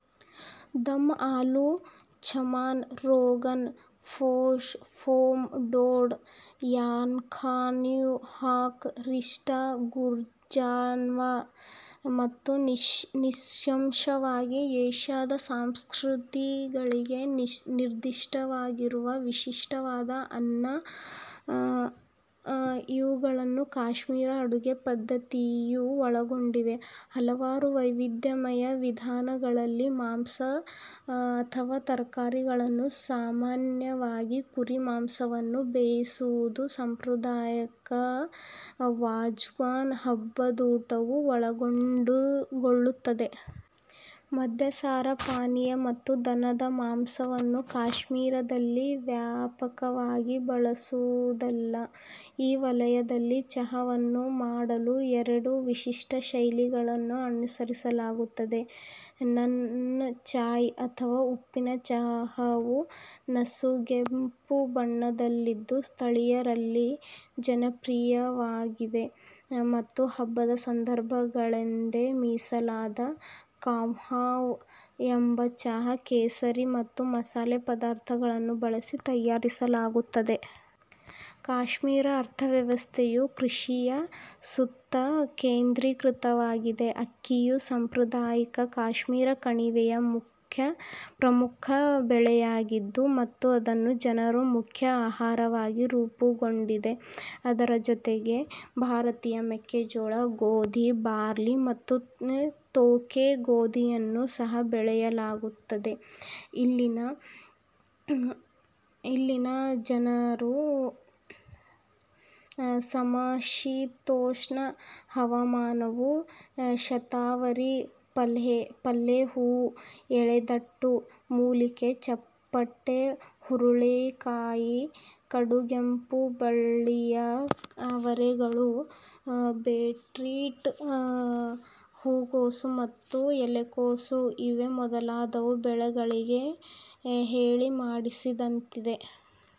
ದಮ್ ಆಲೂ, ಝಮಾನ್, ರೋಗನ್ ಜೋಶ್, ಝಾಮ್ ಡೊಡ್, ಯಾಖಾಯ್ನ್, ಹಾಕ್, ರಿಸ್ಟಾ-ಗುಶ್ಟಾವಾ ಮತ್ತು ನಿಸ್ಸಂಶಯವಾಗಿ, ಏಷ್ಯಾದ ಸಂಸ್ಕೃತಿಗಳಿಗೆ ನಿರ್ದಿಷ್ಟವಾಗಿರುವ ವಿಶಿಷ್ಟವಾದ ಅನ್ನ ಇವುಗಳನ್ನು ಕಾಶ್ಮೀರಿ ಅಡುಗೆ ಪದ್ಧತಿಯು ಒಳಗೊಂಡಿದೆ. ಹಲವಾರು ವೈವಿಧ್ಯಮಯ ವಿಧಾನಗಳಲ್ಲಿ ಮಾಂಸ ಅಥವಾ ತರಕಾರಿಗಳನ್ನು, ಸಾಮಾನ್ಯವಾಗಿ ಕುರಿ-ಮಾಂಸವನ್ನು ಬೇಯಿಸುವುದನ್ನು ಸಾಂಪ್ರದಾಯಿಕ ವಾಜ್ವಾನ್ ಹಬ್ಬದೂಟವು ಒಳಗೊಳ್ಳುತ್ತದೆ. ಮದ್ಯಸಾರ ಪಾನೀಯ ಮತ್ತು ದನದ ಮಾಂಸವನ್ನು ಕಾಶ್ಮೀರದಲ್ಲಿ ವ್ಯಾಪಕವಾಗಿ ಬಳಸುವುದಿಲ್ಲ. ಈ ವಲಯದಲ್ಲಿ ಚಹಾವನ್ನು ಮಾಡಲು ಎರಡು ವಿಶಿಷ್ಟ ಶೈಲಿಗಳನ್ನು ಅನುಸರಿಸಲಾಗುತ್ತದೆ: ನನ್ ಚಾಯ್, ಅಥವಾ ಉಪ್ಪಿನ ಚಹಾವು ನಸುಗೆಂಪು ಬಣ್ಣದಲ್ಲಿದ್ದು, ಸ್ಥಳೀಯರಲ್ಲಿ ಜನಪ್ರಿಯವಾಗಿದೆ; ಮತ್ತು ಹಬ್ಬದ ಸಂದರ್ಭಗಳಿಗೆಂದೇ ಮೀಸಲಾದ ಕಾಹ್ವಾಹ್ ಎಂಬ ಚಹಾವನ್ನು ಕೇಸರಿ ಮತ್ತು ಮಸಾಲೆ ಪದಾರ್ಥಗಳನ್ನು ಬಳಸಿ ತಯಾರಿಸಲಾಗುತ್ತದೆ. ಕಾಶ್ಮೀರದ ಅರ್ಥವ್ಯವಸ್ಥೆಯು ಕೃಷಿಯ ಸುತ್ತ ಕೇಂದ್ರೀಕೃತವಾಗಿದೆ. ಅಕ್ಕಿಯು ಸಾಂಪ್ರದಾಯಿಕವಾಗಿ ಕಾಶ್ಮೀರ ಕಣಿವೆಯ ಪ್ರಮುಖ ಬೆಳೆಯಾಗಿತ್ತು ಮತ್ತು ಇದು ಜನರ ಮುಖ್ಯ ಆಹಾರವಾಗಿ ರೂಪುಗೊಂಡಿದೆ. ಇದರ ಜೊತೆಗೆ ಭಾರತದ ಮೆಕ್ಕೆಜೋಳ, ಗೋಧಿ, ಬಾರ್ಲಿ, ಮತ್ತು ತೋಕೆ ಗೋಧಿಯನ್ನೂ ಸಹ ಬೆಳೆಯಲಾಗುತ್ತಿತ್ತು. ಇಲ್ಲಿನ ಸಮಶೀತೋಷ್ಣ ಹವಾಮಾನವು ಶತಾವರಿ, ಪಲ್ಲೆಹೂವು, ಎಳೆದಂಟು ಮೂಲಿಕೆ, ಚಪ್ಪಟೆ ಹುರುಳಿಕಾಯಿ, ಕಡುಗೆಂಪು ಬಳ್ಳಿಯ ಅವರೆಗಳು, ಬೀಟ್ರೂಟ್, ಹೂಕೋಸು ಮತ್ತು ಎಲೆಕೋಸು ಇವೇ ಮೊದಲಾದ ಬೆಳೆಗಳಿಗೆ ಹೇಳಿಮಾಡಿಸಿದಂತಿದೆ.